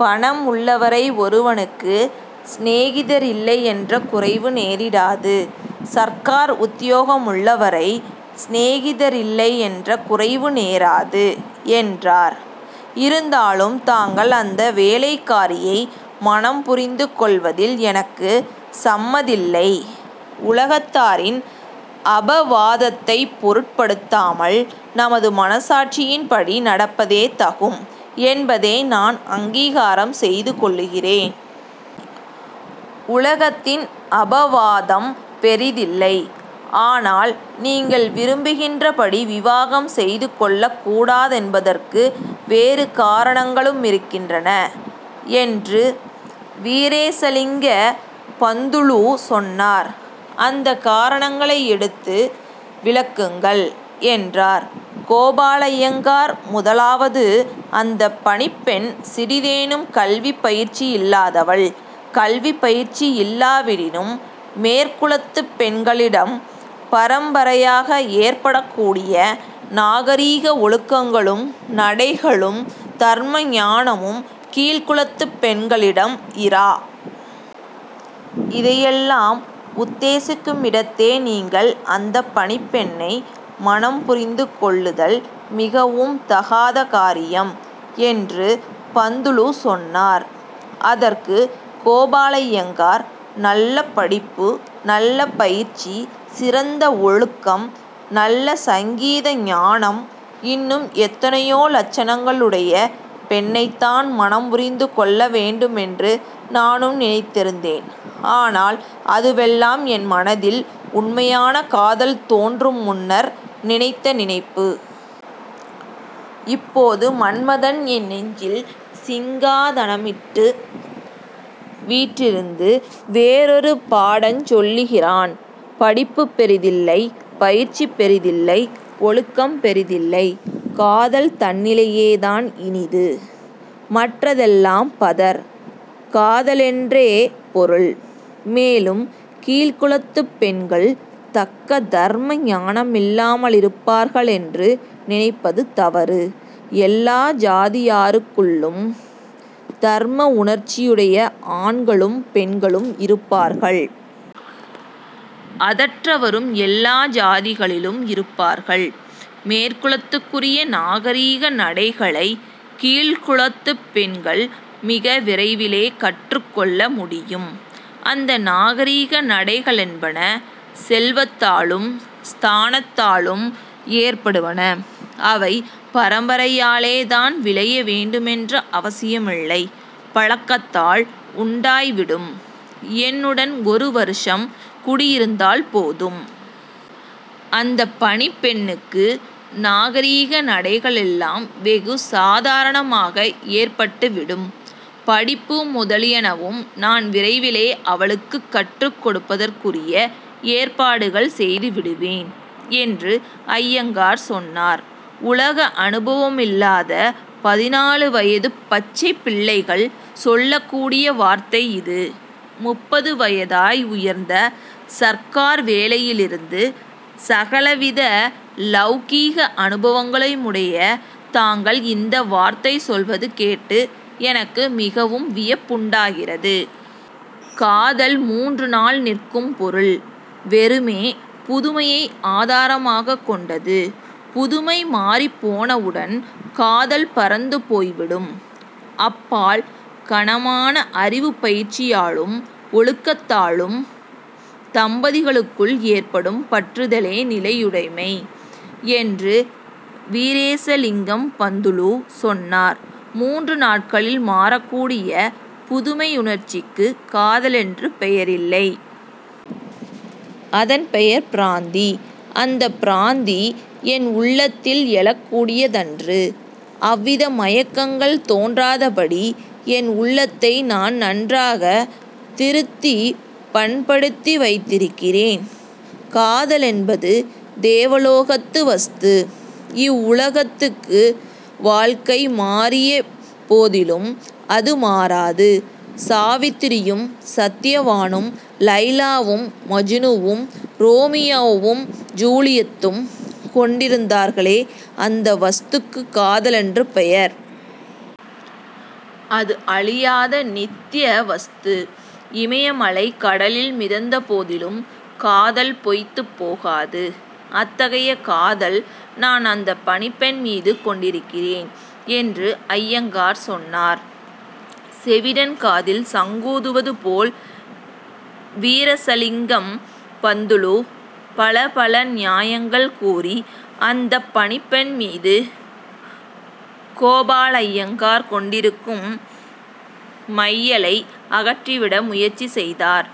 பணம் உள்ளவரை ஒருவனுக்கு சிநேகிதரில்லையென்ற குறைவு நேரிடாது. சர்க்கார் உத்தியோக முள்ளவரை சிநேகிதரில்லையென்ற குறைவு நேராது'' என்றார். ''இருந்தாலும் தாங்கள் அந்த வேலைக்காரியை மணம்புரிந்து கொள்வதில் எனக்கு சம்மதில்லை. உலகத்தாரின் அபவாதத்தைப் பொருட்படுத்தாமல் நமது மனச்சாட்சியின்படி நடப்பதே தகும் என்பதே நான் அங்கீகாரம் செய்து கொள்ளுகிறேன். உலகத்தின் அபவாதம் பெரிதில்லை. ஆனால், நீங்கள் விரும்புகின்றபடி விவாகம் செய்துகொள்ளக் கூடாதென்பதற்கு வேறு காரணங்களுமிருக்கின்றன'' என்று வீரேசலிங்க பந்துலு சொன்னார். ''அந்தக் காரணங்களையெடுத்து விளக்குங்கள்'' என்றார் கோபாலய்யங்கார். ''முதலாவது, அந்தப் பணிப்பெண் சிறிதேனும் கல்விப்பயிற்சியில்லாதவள். கல்விப் பயிற்சியில்லாவிடினும் மேற்குலத்துப் பெண்களிடம் பரம்பரையாக ஏற்படக்கூடிய நாகரிக ஒழுக்கங்களும் நடைகளும் தர்ம ஞானமும் கீழ்க்குலத்துப் பெண்களிடம் இரா. இதையெல்லாம் உத்தேசிக்குமிடத்தே, நீங்கள் அந்தப் பணிப்பெண்ணை மணம் புரிந்து கொள்ளுதல் மிகவும் தகாத காரியம்'' என்று பந்துலு சொன்னார். அதற்கு கோபாலய்யங்கார்-''நல்ல படிப்பு, நல்ல பயிற்சி, சிறந்த ஒழுக்கம், நல்ல சங்கீத ஞானம் இன்னும் எத்தனையோ லட்சணங்களுடைய பெண்ணைத்தான் மணம்புரிந்து கொள்ளவேண்டுமென்று நானும் நினைத்திருந்தேன். ஆனால் அதுவெல்லாம் என் மனதில் உண்மையான காதல் தோன்று முன்னர் நினைத்த நினைப்பு. இப்போது மன்மதன் என் நெஞ்சில் சிங்காதனமிட்டு வீற்றிருந்து வேறொரு பாடஞ் சொல்லுகிறான். படிப்புப் பெரிதில்லை. பயிற்சி பெரிதில்லை. ஒழுக்கம் பெரிதில்லை. காதல் தன்னிலேயேதான் இனிது. மற்றதெல்லாம் பதர். காதலென்றே பொருள். மேலும், கீழ்க்குலத்துப் பெண்கள் தக்க தர்ம ஞானமில்லாமலிருப்பார்களென்று நினைப்பது தவறு. எல்லா ஜாதியாருக்குள்ளும் தர்மவுணர்ச்சியுடைய ஆண்களும் பெண்களும் இருப்பார்கள். அ·தற்றவரும் எல்லா ஜாதிகளிலும் இருப்பார்கள். மேற்குலத்துக்குரிய நாகரிக நடைகளைக் கீழ்க்குலத்துப் பெண்கள் மிக விரைவிலே கற்றுக் கொள்ள முடியும். அந்த நாகரிக நடைகளென்பன செல்வத்தாலும் ஸ்தானத்தாலும் ஏற்படுவன. அவை பரம்பரையாலே தான் விளைய வேண்டுமென்ற அவசியமில்லை. பழக்கத்தால் உண்டாய்விடும். என்னுடன் ஒரு வருஷம் குடியிருந்தால் போதும். அந்தப் பணிப்பெண்ணுக்கு நாகரிக நடைகளெல்லாம் வெகு சாதாரணமாக ஏற்பட்டுவிடும். படிப்பு முதலியனவும் நான் விரைவிலே அவளுக்குக் கற்றுக் கொடுப்பதற்குரிய ஏற்பாடுகள் செய்துவிடுவேன்'' என்று அய்யங்கார் சொன்னார். ''உலக அனுபவமில்லாத பதினாலு வயதுப் பச்சைப் பிள்ளைகள் சொல்லக்கூடிய வார்த்தை இது. முப்பது வயதாய், உயர்ந்த சர்க்கார் வேலையிலிருந்து சகலவித லௌகிக அனுபவங்களுமுடைய தாங்கள் இந்த வார்த்தை சொல்வது கேட்டு எனக்கு மிகவும் வியப்புண்டாகிறது. காதல் மூன்று நாள் நிற்கும் பொருள். வெறுமே புதுமையை ஆதாரமாகக் கொண்டது. புதுமை மாறிப் போனவுடன் காதல் பறந்து போய்விடும். அப்பால் கனமான அறிவுப் பயிற்சியாலும் ஒழுக்கத்தாலும் தம்பதிகளுக்குள் ஏற்படும் பற்றுதலே நிலையுடையது'' என்று வீரேசலிங்கம் பந்துலு சொன்னார். ''மூன்று நாட்களில் மாறக்கூடிய புதுமையுணர்ச்சிக்கு காதலென்று பெயரில்லை. அதன் பெயர் பிராந்தி. அந்த பிராந்தி என் உள்ளத்தில் எழக்கூடியதன்று. அவ்வித மயக்கங்கள் தோன்றாதபடி என் உள்ளத்தை நான் நன்றாகத் திருத்திப் பண்படுத்தி வைத்திருக்கிறேன். காதலென்பது தேவலோகத்து வஸ்து. இவ்வுலகத்துக்கு வாழ்க்கை மாறியபோதிலும் அது மாறாது. சாவித்திரியும் சத்யவானும்; லைலாவும் மஜ்னூவும்; ரோமியோவும் ஜூலியெத்தும் கொண்டிருந்தார்களே, அந்த வஸ்துக்குக் காதலென்று பெயர். அது அழியாத நித்ய வஸ்து. இமயமலை கடலில் மிதந்தபோதிலும், காதல் பொய்த்துப் போகாது. அத்தகைய காதல் நான் அந்தப் பணிப்பெண் மீது கொண்டிருக்கிறேன்'' என்று அய்யங்கார் சொன்னார். செவிடன் காதில் சங்கூதுவது போல் வீரேசலிங்கம் பந்துலு பலபல நியாயங்கள் கூறி அந்தப் பணிப்பெண் மீது கோபாலய்யங்கார் கொண்டிருக்கும் மையலை அகற்றிவிட முயற்சி செய்தார்.